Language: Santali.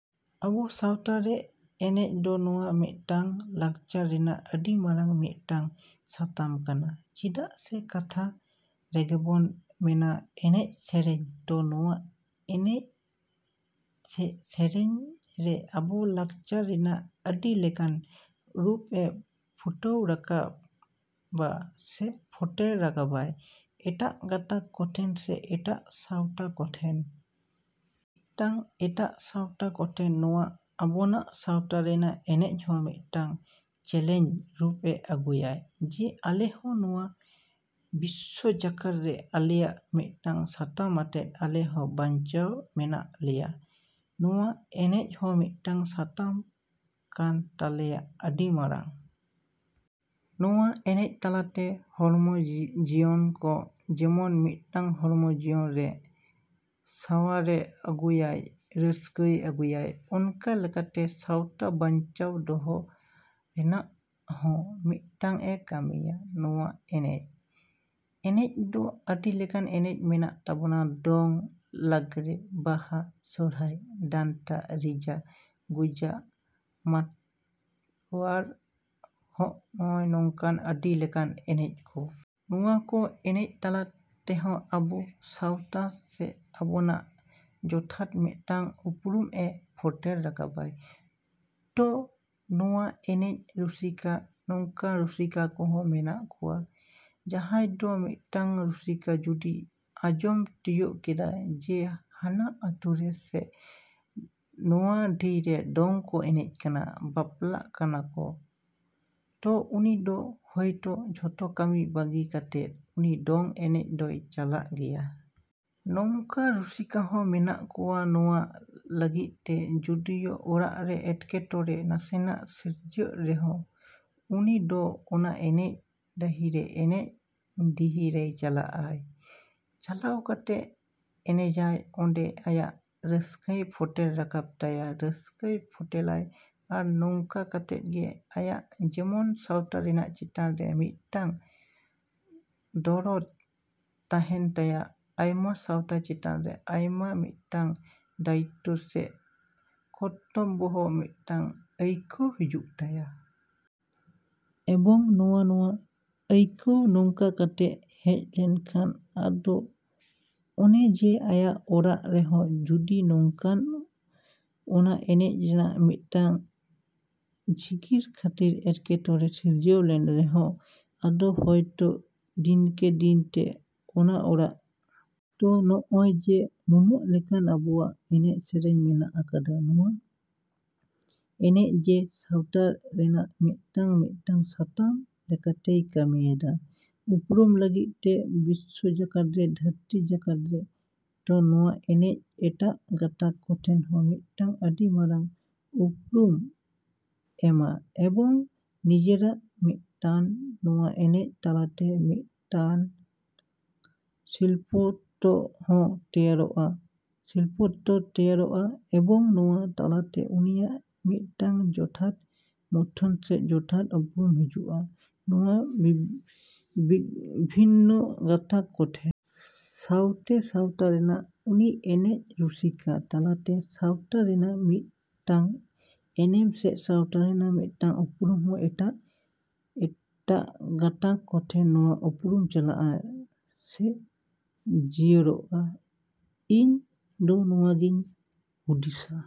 ᱟᱵᱚ ᱥᱟᱶᱛᱟ ᱨᱮ ᱮᱱᱮᱡ ᱫᱚ ᱱᱚᱣᱟ ᱢᱤᱫᱴᱟᱝ ᱞᱟᱠᱪᱟᱨ ᱨᱮᱱᱟᱜ ᱟᱹᱰᱤ ᱢᱟᱨᱟᱝ ᱢᱤᱫᱴᱟᱝ ᱥᱟᱛᱟᱢ ᱠᱟᱱᱟ, ᱪᱮᱫᱟᱜ ᱥᱮ ᱠᱟᱛᱷᱟ ᱨᱮᱜᱮᱵᱚᱱ ᱢᱮᱱᱟ ᱮᱱᱮᱡ ᱥᱮᱨᱮᱧ᱾ ᱛᱚ ᱱᱚᱣᱟ ᱮᱱᱮᱡ ᱥᱮ ᱥᱮᱨᱮᱧ ᱨᱮ ᱟᱵᱚ ᱞᱟᱠᱪᱟᱨ ᱨᱮᱱᱟᱜ ᱟᱹᱰᱤ ᱞᱮᱠᱟᱱ ᱨᱩᱯ ᱮ ᱯᱷᱩᱴᱟᱹᱣ ᱨᱟᱠᱟᱵᱟ ᱥᱮ ᱯᱷᱚᱴᱮᱞ ᱨᱟᱠᱟᱵᱟᱭ ᱮᱴᱟᱜ ᱜᱟᱛᱟᱠ ᱠᱚᱴᱷᱮᱱ ᱥᱮ ᱮᱴᱟᱜ ᱥᱟᱶᱛᱟ ᱠᱚᱴᱷᱮᱱ᱾ ᱢᱤᱫᱴᱟᱝ ᱮᱴᱟᱜ ᱥᱟᱶᱛᱟ ᱠᱚᱴᱷᱮᱱ ᱱᱚᱣᱟ ᱟᱵᱚᱱᱟᱜ ᱥᱟᱶᱛᱟ ᱨᱮᱱᱟᱜ ᱮᱱᱮᱡ ᱦᱚᱸ ᱢᱤᱫᱴᱟᱝ ᱪᱮᱞᱮᱧᱡᱽ ᱨᱩᱯᱮ ᱟᱹᱜᱩᱭᱟᱭ ᱡᱮ ᱟᱞᱮ ᱦᱚᱸ ᱱᱚᱣᱟ ᱵᱤᱥᱥᱚ ᱡᱟᱠᱟᱛ ᱨᱮ ᱟᱞᱮᱭᱟᱜ ᱢᱤᱫᱴᱟᱝ ᱥᱟᱛᱟᱢ ᱟᱛᱮᱫ ᱟᱞᱮ ᱦᱚᱸ ᱵᱟᱧᱪᱟᱣ ᱢᱮᱱᱟᱜ ᱞᱮᱭᱟ᱾ ᱱᱚᱣᱟ ᱮᱱᱮᱡ ᱦᱚᱸ ᱢᱤᱫᱴᱟᱝ ᱥᱟᱛᱟᱢ ᱠᱟᱱ ᱛᱟᱞᱮᱭᱟ ᱟᱹᱰᱤ ᱢᱟᱨᱟᱝ᱾ ᱱᱚᱣᱟ ᱮᱱᱮᱡ ᱛᱟᱞᱟᱛᱮ ᱦᱚᱲᱢᱚ ᱡᱤᱭᱚᱱ ᱠᱚ ᱡᱮᱢᱚᱱ ᱢᱤᱫᱴᱟᱝ ᱦᱚᱲᱢᱚ ᱡᱤᱭᱚᱱ ᱨᱮᱱᱟᱜ ᱥᱟᱶᱟᱨᱮ ᱟᱹᱜᱩᱭᱟᱭ, ᱨᱟᱹᱥᱠᱟᱹ ᱟᱹᱜᱩᱭᱟᱭ, ᱚᱱᱠᱟ ᱞᱮᱠᱟᱛᱮ ᱥᱟᱶᱛᱟ ᱵᱟᱧᱪᱟᱣ ᱫᱚᱦᱚ ᱨᱮᱱᱟᱜ ᱦᱚᱸ ᱢᱤᱫᱴᱟᱝ ᱮ ᱠᱟᱹᱢᱤᱭᱟ ᱱᱚᱣᱟ ᱮᱱᱮᱡ᱾ ᱮᱱᱮᱡ ᱫᱚ ᱟᱹᱰᱤ ᱞᱮᱠᱟᱱ ᱮᱱᱮᱡ ᱢᱮᱱᱟᱜ ᱛᱟᱵᱚᱱᱟ: ᱫᱚᱝ, ᱞᱟᱜᱽᱲᱮ, ᱵᱟᱦᱟ, ᱥᱚᱨᱦᱟᱭ, ᱰᱟᱱᱴᱟ, ᱨᱤᱡᱟᱹ, ᱜᱩᱡᱟᱹ, ᱢᱟᱛᱣᱟᱨ, ᱦᱚᱜᱼᱚᱭ ᱱᱚᱝᱠᱟᱱ ᱟᱹᱰᱤ ᱞᱮᱠᱟᱱ ᱮᱱᱮᱡ ᱠᱚ᱾ ᱱᱚᱣᱟ ᱠᱚ ᱮᱱᱮᱡ ᱛᱟᱞᱟ ᱛᱮᱦᱚᱸ ᱟᱵᱚ ᱥᱟᱶᱛᱟ ᱥᱮ ᱟᱵᱚᱱᱟᱜ ᱡᱚᱛᱷᱟᱛ ᱢᱤᱫᱴᱟᱝ ᱩᱯᱨᱩᱢ ᱮ ᱯᱷᱚᱴᱮᱞ ᱨᱟᱠᱟᱵᱟᱭ᱾ ᱛᱚ ᱱᱚᱣᱟ ᱮᱱᱮᱡ ᱨᱩᱥᱤᱠᱟ, ᱱᱚᱝᱠᱟ ᱨᱩᱥᱤᱠᱟ ᱠᱚᱦᱚᱸ ᱢᱮᱱᱟᱜ ᱠᱚᱣᱟ ᱡᱟᱦᱟᱸᱭ ᱫᱚ ᱢᱤᱫᱴᱟᱝ ᱨᱩᱥᱤᱠᱟ ᱡᱩᱫᱤ ᱟᱸᱡᱚᱢ ᱛᱤᱭᱳᱜ ᱠᱮᱫᱟᱭ ᱡᱮ ᱦᱟᱱᱟ ᱟᱛᱩᱨᱮ ᱥᱮ ᱱᱚᱣᱟ ᱰᱤ ᱨᱮ ᱫᱚᱝ ᱠᱚ ᱮᱱᱮᱡ ᱠᱟᱱᱟ, ᱵᱟᱯᱞᱟᱜ ᱠᱟᱱᱟ ᱠᱚ, ᱛᱚ ᱩᱱᱤ ᱫᱚ ᱦᱚᱭᱛᱳ ᱡᱚᱛᱚ ᱠᱟᱹᱢᱤ ᱵᱟᱹᱜᱤ ᱠᱟᱛᱮ ᱩᱱᱤ ᱫᱚᱝ ᱮᱱᱮᱡ ᱫᱚᱭ ᱪᱟᱞᱟᱜ ᱜᱮᱭᱟ᱾ ᱱᱚᱝᱠᱟ ᱨᱩᱥᱤᱠᱟ ᱦᱚᱸ ᱢᱮᱱᱟᱜ ᱠᱚᱣᱟ ᱱᱚᱣᱟ ᱞᱟᱹᱜᱤᱫ ᱛᱮ ᱡᱚᱫᱤᱭᱳ ᱚᱲᱟᱜ ᱨᱮ ᱮᱴᱠᱮᱴᱚᱬᱮ ᱱᱟᱥᱮᱱᱟᱜ ᱥᱤᱨᱡᱟᱹᱜ ᱨᱮᱦᱚᱸ ᱩᱱᱤ ᱫᱚ ᱚᱱᱟ ᱮᱱᱮᱡ ᱰᱟᱹᱦᱤᱨᱮ, ᱮᱱᱮᱡ ᱰᱤᱦᱤ ᱨᱮᱭ ᱪᱟᱞᱟᱜᱼᱟᱭ᱾ ᱪᱟᱞᱟᱣ ᱠᱟᱛᱮ ᱮᱱᱮᱡᱟᱭ, ᱚᱸᱰᱮ ᱟᱭᱟᱜ ᱨᱟᱹᱥᱠᱟᱹᱭ ᱯᱷᱚᱴᱮᱞ ᱨᱟᱠᱟᱵ ᱛᱟᱭᱟ, ᱨᱟᱹᱥᱠᱟᱹᱭ ᱯᱷᱚᱴᱮᱞᱟᱭ ᱟᱨ ᱱᱚᱝᱠᱟ ᱠᱟᱛᱮᱫ ᱜᱮ ᱟᱭᱟᱜ ᱡᱮᱢᱚᱱ ᱥᱟᱶᱛᱟ ᱨᱮᱱᱟᱜ ᱪᱮᱛᱟᱱ ᱨᱮ ᱢᱤᱫᱴᱟᱝ ᱫᱚᱨᱚᱫ ᱛᱟᱦᱮᱱ ᱛᱟᱭᱟ, ᱟᱭᱟᱜ ᱥᱟᱶᱛᱟ ᱪᱮᱛᱟᱱ ᱟᱭᱟᱜ ᱢᱤᱫᱴᱟᱝ ᱫᱟᱭᱤᱛᱛᱚ ᱥᱮ ᱠᱚᱨᱛᱚᱵᱵᱚ ᱦᱚᱸ ᱢᱤᱫᱴᱟᱝ ᱟᱹᱭᱠᱟᱹᱣ ᱦᱤᱡᱩᱜ ᱛᱟᱭᱟ᱾ ᱮᱵᱚᱝ ᱱᱚᱣᱟ ᱱᱚᱣᱟ ᱟᱹᱭᱠᱟᱹᱣ ᱱᱚᱝᱠᱟ ᱠᱟᱛᱮᱜ ᱦᱮᱡ ᱞᱮᱱᱠᱷᱟᱱ ᱟᱫᱚ ᱚᱱᱮ ᱡᱮ ᱟᱭᱟᱜ ᱚᱲᱟᱜ ᱨᱮᱦᱚᱸ ᱡᱩᱫᱤ ᱱᱚᱝᱠᱟᱱ ᱚᱱᱟ ᱮᱱᱮᱡ ᱨᱮᱱᱟᱜ ᱢᱤᱫᱴᱟᱝ ᱡᱤᱜᱤᱲ ᱠᱷᱟᱹᱛᱤᱨ ᱮᱴᱠᱮᱴᱚᱬᱮ ᱥᱤᱨᱡᱟᱹᱣ ᱞᱮᱱ ᱨᱮᱦᱚᱸ ᱟᱫᱚ ᱦᱚᱭᱛᱚ ᱫᱤᱱᱠᱮ ᱫᱤᱱ ᱛᱮ ᱚᱱᱟ ᱚᱲᱟᱜ ᱛᱚ ᱱᱚᱜᱼᱚᱭ ᱡᱮ ᱱᱩᱱᱟᱹᱜ ᱞᱮᱠᱟᱱ ᱟᱵᱚᱣᱟᱜ ᱮᱱᱮᱡ ᱥᱮᱨᱮᱧ ᱢᱮᱱᱟᱜ ᱟᱠᱟᱫᱟ, ᱱᱚᱣᱟ ᱮᱱᱮᱡ ᱡᱮ ᱥᱟᱶᱛᱟ ᱨᱮᱱᱟᱜ ᱢᱤᱫᱴᱟᱝ ᱢᱤᱫᱴᱟᱝ ᱥᱟᱛᱟᱢ ᱞᱮᱠᱟᱛᱮᱭ ᱠᱟᱹᱢᱤᱭᱮᱫᱟᱭ ᱩᱯᱨᱩᱢᱩᱜ ᱞᱟᱹᱜᱤᱫ ᱛᱮ ᱵᱤᱥᱥᱚ ᱡᱟᱠᱟᱛ ᱨᱮ, ᱫᱷᱟᱹᱨᱛᱤ ᱡᱟᱠᱟᱛ ᱨᱮ, ᱛᱚ ᱱᱚᱣᱟ ᱮᱱᱮᱡ ᱮᱴᱟᱜ ᱜᱟᱛᱟᱠ ᱠᱚᱴᱷᱮᱱ ᱦᱚᱸ ᱢᱤᱫᱴᱟᱝ ᱟᱹᱰᱤ ᱢᱟᱨᱟᱝ ᱩᱯᱨᱩᱢᱮ ᱮᱢᱟ ᱮᱵᱚᱝ ᱱᱤᱡᱮᱨᱟᱜ ᱢᱤᱫᱴᱟᱱ ᱱᱚᱣᱟ ᱮᱱᱮᱡ ᱛᱟᱞᱟᱛᱮ ᱢᱤᱫᱴᱟᱝ ᱥᱤᱞᱯᱚᱛᱛᱚ ᱦᱚᱸ ᱛᱮᱭᱟᱨᱚᱜᱼᱟ, ᱥᱤᱞᱯᱚᱛᱛᱚ ᱛᱮᱭᱟᱨᱚᱜᱼᱟ ᱮᱵᱚᱝ ᱱᱚᱣᱟ ᱛᱟᱞᱟᱛᱮ ᱩᱱᱤᱭᱟᱜ ᱢᱤᱫᱴᱟᱝ ᱡᱚᱛᱷᱟᱛ ᱢᱩᱴᱷᱟᱹᱱ ᱥᱮ ᱡᱚᱛᱷᱟᱛ ᱩᱯᱨᱩᱢ ᱦᱤᱡᱩᱜᱼᱟ ᱱᱚᱣᱟ ᱵᱤᱵᱷᱤᱱᱱᱚ ᱜᱟᱛᱟᱠ ᱠᱚᱴᱷᱮᱱ᱾ ᱥᱟᱶᱛᱮ ᱥᱟᱶᱛᱟ ᱨᱮᱱᱟᱜ ᱩᱱᱤ ᱮᱱᱮᱡ ᱨᱩᱥᱤᱠᱟ ᱛᱟᱞᱟᱛᱮ ᱥᱟᱶᱛᱟ ᱨᱮᱱᱟᱜ ᱢᱤᱫᱴᱟᱝ ᱮᱱᱮᱢ ᱥᱮ ᱥᱟᱶᱛᱟ ᱨᱮᱱᱟᱜ ᱢᱤᱫᱴᱟᱝ ᱩᱯᱨᱩᱢ ᱦᱚᱸ ᱮᱴᱟᱜ ᱮᱴᱟᱜ ᱜᱟᱛᱟᱠ ᱠᱚᱴᱷᱮᱱ ᱱᱚᱣᱟ ᱩᱯᱨᱩᱢ ᱪᱟᱞᱟᱜᱼᱟ ᱥᱮ ᱡᱤᱭᱟᱹᱲᱚᱜᱼᱟ᱾ ᱤᱧ ᱫᱚ ᱱᱚᱣᱟ ᱜᱮᱧ ᱦᱩᱫᱤᱥᱟ᱾।